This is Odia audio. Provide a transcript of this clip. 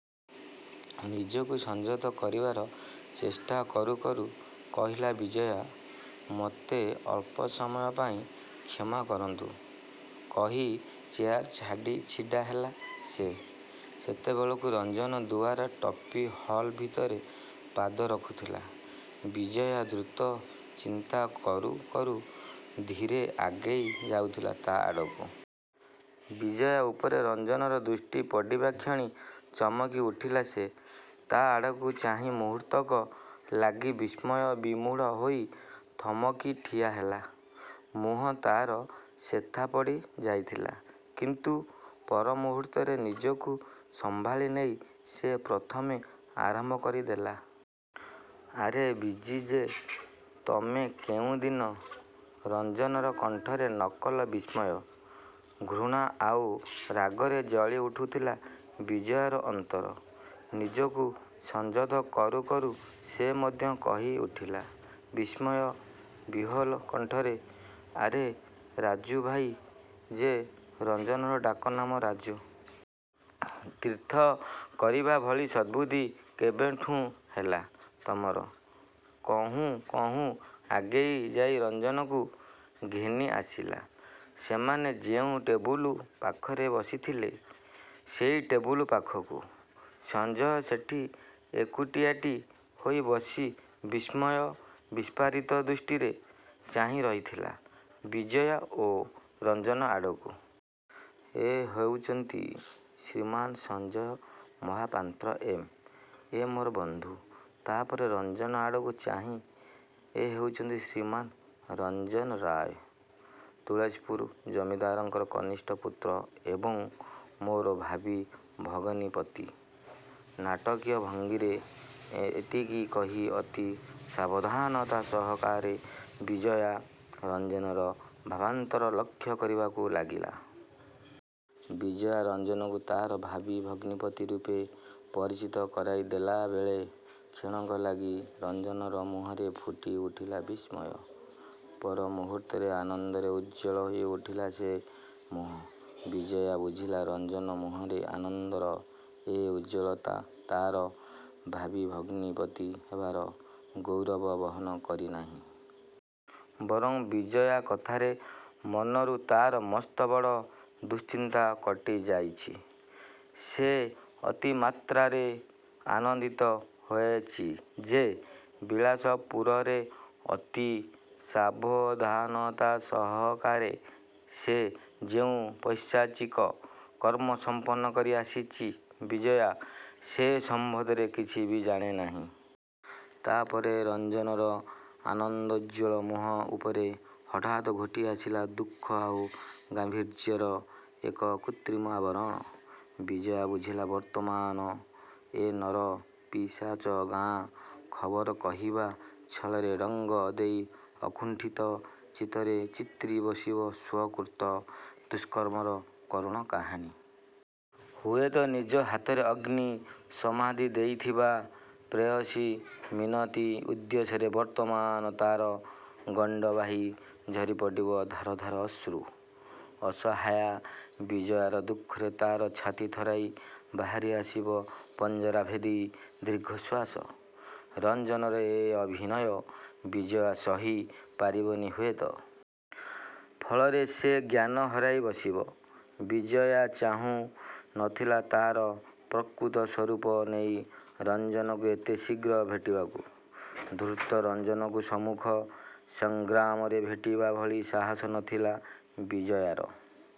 '' ନିଜକୁ ସଂଯତ କରିବାର ଚେଷ୍ଟା କରୁ କରୁ କହିଲା ବିଜୟା, "ମୋତେ ଅଳ୍ପ ସମୟ ପାଇଁ କ୍ଷମା କରନ୍ତୁ। '' କହି ଚେୟାର ଛାଡ଼ି ଛିଡ଼ା ହେଲା ସେ। ସେତେବେଳକୁ ରଞ୍ଜନ ଦୁଆର ଟପି ହଲ ଭିତରେ ପାଦ ରଖୁଥିଲା, ବିଜୟା ଦୃତ ଚିନ୍ତା କରୁ କରୁ ଧୀରେ ଆଗେଇ ଯାଉଥିଲା ତା' ଆଡ଼କୁ। ବିଜୟା ଉପରେ ରଞ୍ଜନର ଦୃଷ୍ଟି ପଡ଼ିବାକ୍ଷଣି ଚମକି ଉଠିଲା ସେ। ତା' ଆଡ଼କୁ ଚାହିଁ ମୁହୂର୍ତ୍ତକ ଲାଗି ବିସ୍ମୟ ବିମୂଢ଼ ହୋଇ ଥମକି ଠିଆ ହେଲା। ମୁହଁ ତା'ର ଶେଥା ପଡ଼ି ଯାଇଥିଲା। କିନ୍ତୁ ପରମୁହୂର୍ତ୍ତରେ ନିଜକୁ ସମ୍ଭାଳି ନେଇ ସେ ପ୍ରଥମେ ଆରମ୍ଭ କରି ଦେଲା। "ଆରେ ବିଜୀ ଯେ! ତମେ କେଉଁଦିନ? '' ରଞ୍ଜନର କଣ୍ଠରେ ନକଲ ବିସ୍ମୟ। ଘୃଣା ଆଉ ରାଗରେ ଜଳି ଉଠୁଥିଲା ବିଜୟାର ଅନ୍ତର। ନିଜକୁ ସଂଯତ କରୁ କରୁ ସେ ମଧ୍ୟ କହି ଉଠିଲା—ବିସ୍ମୟ ବିହ୍ଵଲ କଣ୍ଠରେ— "ଆରେ ରାଜୁ ଭାଇ ଯେ। '' ରଞ୍ଜନର ଡାକନାମ ରାଜୁ। "ତୀର୍ଥ କରିବା ଭଳି ସଦ୍ବୁଦ୍ଧି କେବେଠୁଁ ହେଲା ତମର? '' କହୁଁ କହୁଁ ଆଗେଇ ଯାଇ ରଞ୍ଜନକୁ ଘେନି ଆସିଲା ସେମାନେ ଯେଉଁ ଟେବୁଲ ପାଖରେ ବସିଥିଲେ ସେଇ ଟେବୁଲ ପାଖକୁ। ସଞ୍ଜୟ ସେଠି ଏକୁଟିଆଟି ହୋଇ ବସି ବିସ୍ମୟ ବିସ୍ଫାରିତ ଦୃଷ୍ଟିରେ ଚାହିଁରହିଥିଲା ବିଜୟା ଓ ରଞ୍ଜନ ଆଡ଼କୁ। "ଏ ହେଉଛନ୍ତି ଶ୍ରୀମାନ୍ ସଞ୍ଜୟ ମହାପାନ୍ତ୍ର ଏମ, ଏ ମୋର ବନ୍ଧୁ। '' ତା'ପରେ ରଞ୍ଜନ ଆଡ଼କୁ ଚାହିଁ—"ଏ ହେଉଚନ୍ତି ଶ୍ରୀମାନ୍ ରଞ୍ଜନ ରାୟ। ତୁଳସୀପୁର ଜମିଦାରଙ୍କର କନିଷ୍ଠ ପୁତ୍ର ଏବଂ ମୋର ଭାବୀ ଭଗିନୀପତି। '' ନାଟକୀୟ ଭଙ୍ଗିରେ ଏତିକି କହି ଅତି ସାବଧାନତା ସହକାରେ ବିଜୟା ରଞ୍ଜନର ଭାବାନ୍ତର ଲକ୍ଷ୍ୟ କରିବାକୁ ଲାଗିଲା। ବିଜୟା ରଞ୍ଜନକୁ ତା'ର ଭାବୀ ଭଗ୍ନୀପତି ରୂପେ ପରିଚିତ କରାଇ ଦେଲା ବେଳେ, କ୍ଷଣକ ଲାଗି ରଞ୍ଜନର ମୁହଁରେ ଫୁଟି ଉଠିଲା ବିସ୍ମୟ। ପର ମୁହୂର୍ତ୍ତରେ ଆନନ୍ଦରେ ଉଜ୍ଜ୍ୱଳ ହୋଇ ଉଠିଲା ସେ ମୁହଁ। ବିଜୟା ବୁଝିଲା ରଞ୍ଜନ ମୁହଁରେ ଆନନ୍ଦର ଏ ଉଜ୍ଜ୍ୱଳତା ତା'ର ଭାବୀ ଭଗ୍ନୀପତି ହେବାର ଗୌରବ ବହନ କରି ନାହିଁ। ବରଂ ବିଜୟା କଥାରେ ମନରୁ ତା'ର ମସ୍ତବଡ଼ ଦୁଶ୍ଚିନ୍ତା କଟି ଯାଇଛି। ସେ ଅତି ମାତ୍ରାରେ ଆନନ୍ଦିତ ହୋଏଚି ଯେ ବିଳାସପୁରରେ ଅତି ସାବଧାନତା ସହକାରେ ସେ ଯେଉଁ ପୈଶାଚିକ କର୍ମ ସମ୍ପନ୍ନ କରି ଆସିଚି ବିଜୟା ସେ ସମ୍ଵନ୍ଧରେ କିଛି ବି ଜାଣେ ନାହିଁ। ତା'ପରେ ରଞ୍ଜନର ଆନନ୍ଦୋଜ୍ଵଳ ମୁହଁ ଉପରେ ହଠାତ୍ ଘୋଟିଆସିଲା ଦୁଃଖ ଆଉ ଗାମ୍ଭୀର୍ଯ୍ୟର ଏକ କୃତ୍ରିମ ଆବରଣ। ବିଜୟା ବୁଝିଲା ବର୍ତ୍ତମାନ ଏ ନର ପିଶାଚ ଗାଁ ଖବର କହିବା ଛଳରେ ରଙ୍ଗ ଦେଇ ଅକୁଣ୍ଠିତ ଚିତ୍ତରେ ଚିତ୍ରି ବସିବ ସ୍ଵ-କୃତ ଦୁଷ୍କର୍ମର କରୁଣ କାହାଣୀ। ହୁଏତ ନିଜ ହାତରେ ଅଗ୍ନୀ—ସମାଧି ଦେଇଥିବା ପ୍ରେୟସୀ ମିନତୀ ଉଦ୍ଦେଶ୍ୟରେ ବର୍ତ୍ତମାନ ତା'ର ଗଣ୍ତବାହି ଝରି ପଡ଼ିବ ଧାର ଧାର ଅଶ୍ରୁ। ଅସହାୟା ବିଜୟାର ଦୁଃଖରେ ତା'ର ଛାତି ଥରାଇ ବାହାରି ଆସିବ ପଞ୍ଜରାଭେଦୀ ଦୀର୍ଘଶ୍ଵାସ। ରଞ୍ଜନର ଏ ଅଭିନୟ ବିଜୟା ସହି ପାରିବନି ହୁଏତ। ଫଳରେ ସେ ଜ୍ଞାନ ହରାଇ ବସିବ। ବିଜୟା ଚାହୁଁ ନ ଥିଲା ତା'ର ପ୍ରକୃତ ସ୍ଵରୂପ ନେଇ ରଞ୍ଜନକୁ ଏତେ ଶିଘ୍ର ଭେଟିବାକୁ। ଧୂର୍ତ୍ତ ରଞ୍ଜନକୁ ସମ୍ମୁଖ ସଂଗ୍ରାମରେ ଭେଟିବା ଭଳି ସାହାସ ନଥିଲା ବିଜୟାର।